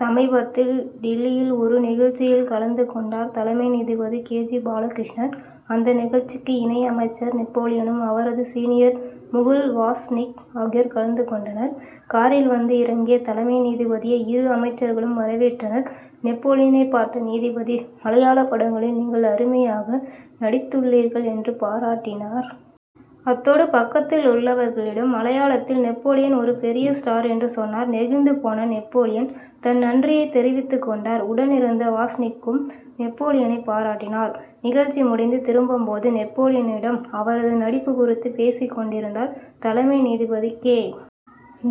சமீபத்தில் டில்லியில் ஒரு நிகழ்ச்சியில் கலந்து கொண்டார் தலைமை நீதிபதி கே. ஜி. பாலகிருஷ்ணன். அந்த நிகழ்ச்சிக்கு இணை அமைச்சர் நெப்போலியனும், அவரது சீனியர் முகுல் வாஸ்னிக் ஆகியோர் கலந்து கொண்டனர். காரில் வந்து இறங்கிய தலைமை நீதிபதியை இரு அமைச்சர்களும் வரவேற்றனர். நெப்போலியனைப் பார்த்த நீதிபதி, மலையாளப் படங்களில் நீங்கள் அருமையாக நடித்துள்ளீர்கள் என்று பாராட்டினார். அத்தோடு பக்கத்தில் உள்ளவர்களிடம் மலையாளத்தில் நெப்போலியன் ஒரு பெரிய ஸ்டார் என்று சொன்னார். நெகிழ்ந்து போன நெப்போலியன், தன் நன்றியைத் தெரிவித்துக் கொண்டார். உடன் இருந்த வாஸ்னிக்கும் நெப்போலியனைப் பாராட்டினார். நிகழ்ச்சி முடிந்து திரும்பும் போதும் நெப்போலியனிடம் அவரது நடிப்பு குறித்து பேசிக் கொண்டிருந்தார் தலைமை நீதிபதி கே.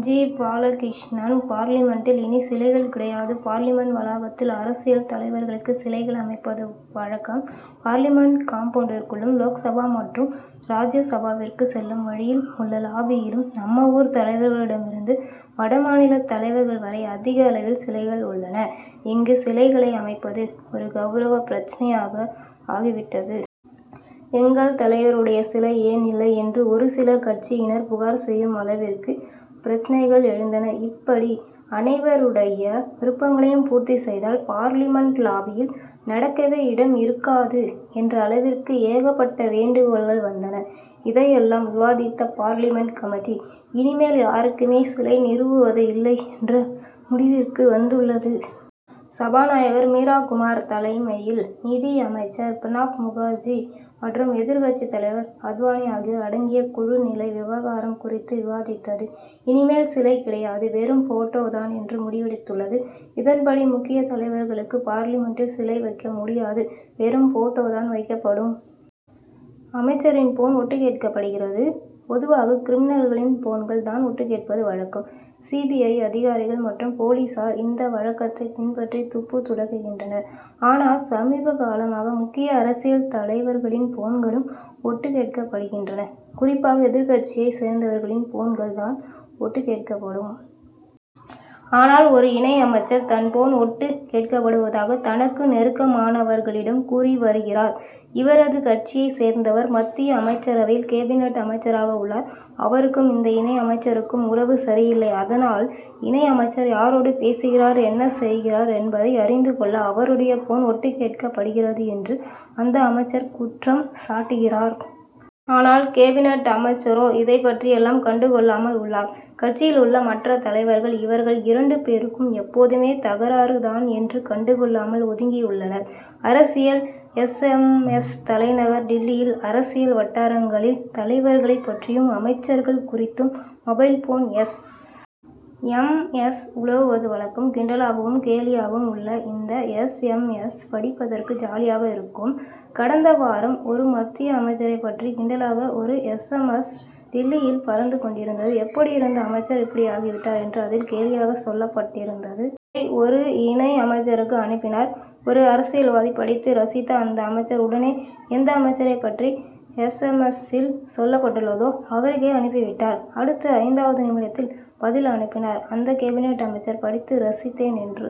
ஜி. பாலகிருஷ்ணன். பார்லிமென்ட்டில் இனி சிலைகள் கிடையாதுபார்லிமென்ட் வளாகத்தில் அரசியல் தலைவர்களுக்கு சிலைகள் அமைப்பது வழக்கம். பார்லிமென்ட் காம்பவுன்டிற்குள்ளும், லோக்சபா மற்றும் ராஜ்ய சபாவிற்கு செல்லும் வழியில் உள்ள லாபியிலும் நம்ம ஊர் தலைவர்களிலிருந்து வடமாநில தலைவர்கள் வரை அதிக அளவில் சிலைகள் உள்ளன. இங்கு சிலைகளை அமைப்பது ஒரு கவுரவப் பிரச்னையாக ஆகிவிட்டது. எங்கள் தலைவருடைய சிலை ஏன் இல்லை' என்று ஒரு சில கட்சியினர் புகார் செய்யும் அளவிற்கு பிரச்னைகள் எழுந்தன. இப்படி அனைவருடைய விருப்பங்களையும் பூர்த்தி செய்தால், பார்லிமென்ட் லாபியில் நடக்கவே இடம் இருக்காது என்ற அளவிற்கு ஏகப்பட்ட வேண்டுகோள்கள் வந்தன. இதையெல்லாம் விவாதித்த பார்லிமென்ட் கமிட்டி, இனிமேல் யாருக்குமே சிலை நிறுவுவது இல்லை என்ற முடிவிற்கு வந்துள்ளது. சபாநாயகர் மீரா குமார் தலைமையில், நிதியமைச்சர் பிரணாப் முகர்ஜி மற்றும் எதிர்க்கட்சித் தலைவர் அத்வானி ஆகியோர் அடங்கிய குழு நிலை விவகாரம் குறித்து விவாதித்தது. இனிமேல் சிலை கிடையாது, வெறும் போட்டோ தான்' என்று முடிவெடுத்துள்ளது. இதன்படி, முக்கிய தலைவர்களுக்கு பார்லிமென்ட்டில் சிலை வைக்க முடியாது, வெறும் போட்டோ தான் வைக்கப்படும். அமைச்சரின் போன் ஒட்டுக் கேட்கப்படுகிறது? பொதுவாக கிரிமினல்களின் போன்கள் தான் ஒட்டுக் கேட்பது வழக்கம். சி. பி. ஐ. அதிகாரிகள் மற்றும் போலீசார் இந்த வழக்கத்தைப் பின்பற்றி துப்பு துலக்குகின்றனர். ஆனால், சமீபகாலமாக முக்கிய அரசியல் தலைவர்களின் போன்களும் ஒட்டுக் கேட்கப்படுகின்றன. குறிப்பாக, எதிர்க்கட்சியைச் சேர்ந்தவர்களின் போன்கள் தான் ஒட்டுக் கேட்கப்படும். ஆனால், ஒரு இணை அமைச்சர், தன் போன் ஒட்டுக் கேட்கப்படுவதாக தனக்கு நெருக்கமானவர்களிடம் கூறி வருகிறார். இவரது கட்சியைச் சேர்ந்தவர் மத்திய அமைச்சரவையில் கேபினட் அமைச்சராக உள்ளார். அவருக்கும் இந்த இணை அமைச்சருக்கும் உறவு சரியில்லை. அதனால், இணை அமைச்சர் யாரோடு பேசுகிறார்? என்ன செய்கிறார் என்பதை அறிந்து கொள்ள அவருடைய போன் ஒட்டுக் கேட்கப்படுகிறது என்று அந்த அமைச்சர் குற்றம் சாட்டுகிறார். ஆனால், கேபினட் அமைச்சரோ இதைப் பற்றியெல்லாம் கண்டு கொள்ளாமல் உள்ளார். கட்சியில் உள்ள மற்ற தலைவர்கள், இவர்கள் இரண்டு பேருக்கும் எப்போதுமே தகராறு தான் என்று கண்டுகொள்ளாமல் ஒதுங்கியுள்ளனர். அரசியல் எஸ். எம். எஸ்.,தலைநகர் டில்லியில் அரசியல் வட்டாரங்களில் தலைவர்களைப் பற்றியும் அமைச்சர்கள் குறித்தும் mobile phone S. M. S., உலவுவது வழக்கம். கிண்டலாகவும், கேலியாகவும் உள்ள இந்த எஸ். எம். எஸ்., படிப்பதற்கு ஜாலியாக இருக்கும். கடந்த வாரம் ஒரு மத்திய அமைச்சரைப் பற்றி கிண்டலாக ஒரு எஸ். எம். எஸ்., டில்லியில் பறந்து கொண்டிருந்தது. எப்படியிருந்த அமைச்சர் இப்படி ஆகிவிட்டார் என்று அதில் கேலியாக சொல்லப்பட்டிருந்தது. இதை ஒரு இணை அமைச்சருக்கு அனுப்பினார் ஒரு அரசியல்வாதி. படித்து ரசித்த அந்த அமைச்சர் உடனே, எந்த அமைச்சரைப் பற்றி எஸ். எம். எஸ்.,சில் சொல்லப்பட்டுள்ளதோ அவருக்கே அனுப்பிவிட்டார். அடுத்து ஐந்தாவது நிமிடத்தில் பதில் அனுப்பினார் அந்த கேபினட் அமைச்சர், படித்து ரசித்தேன் என்று.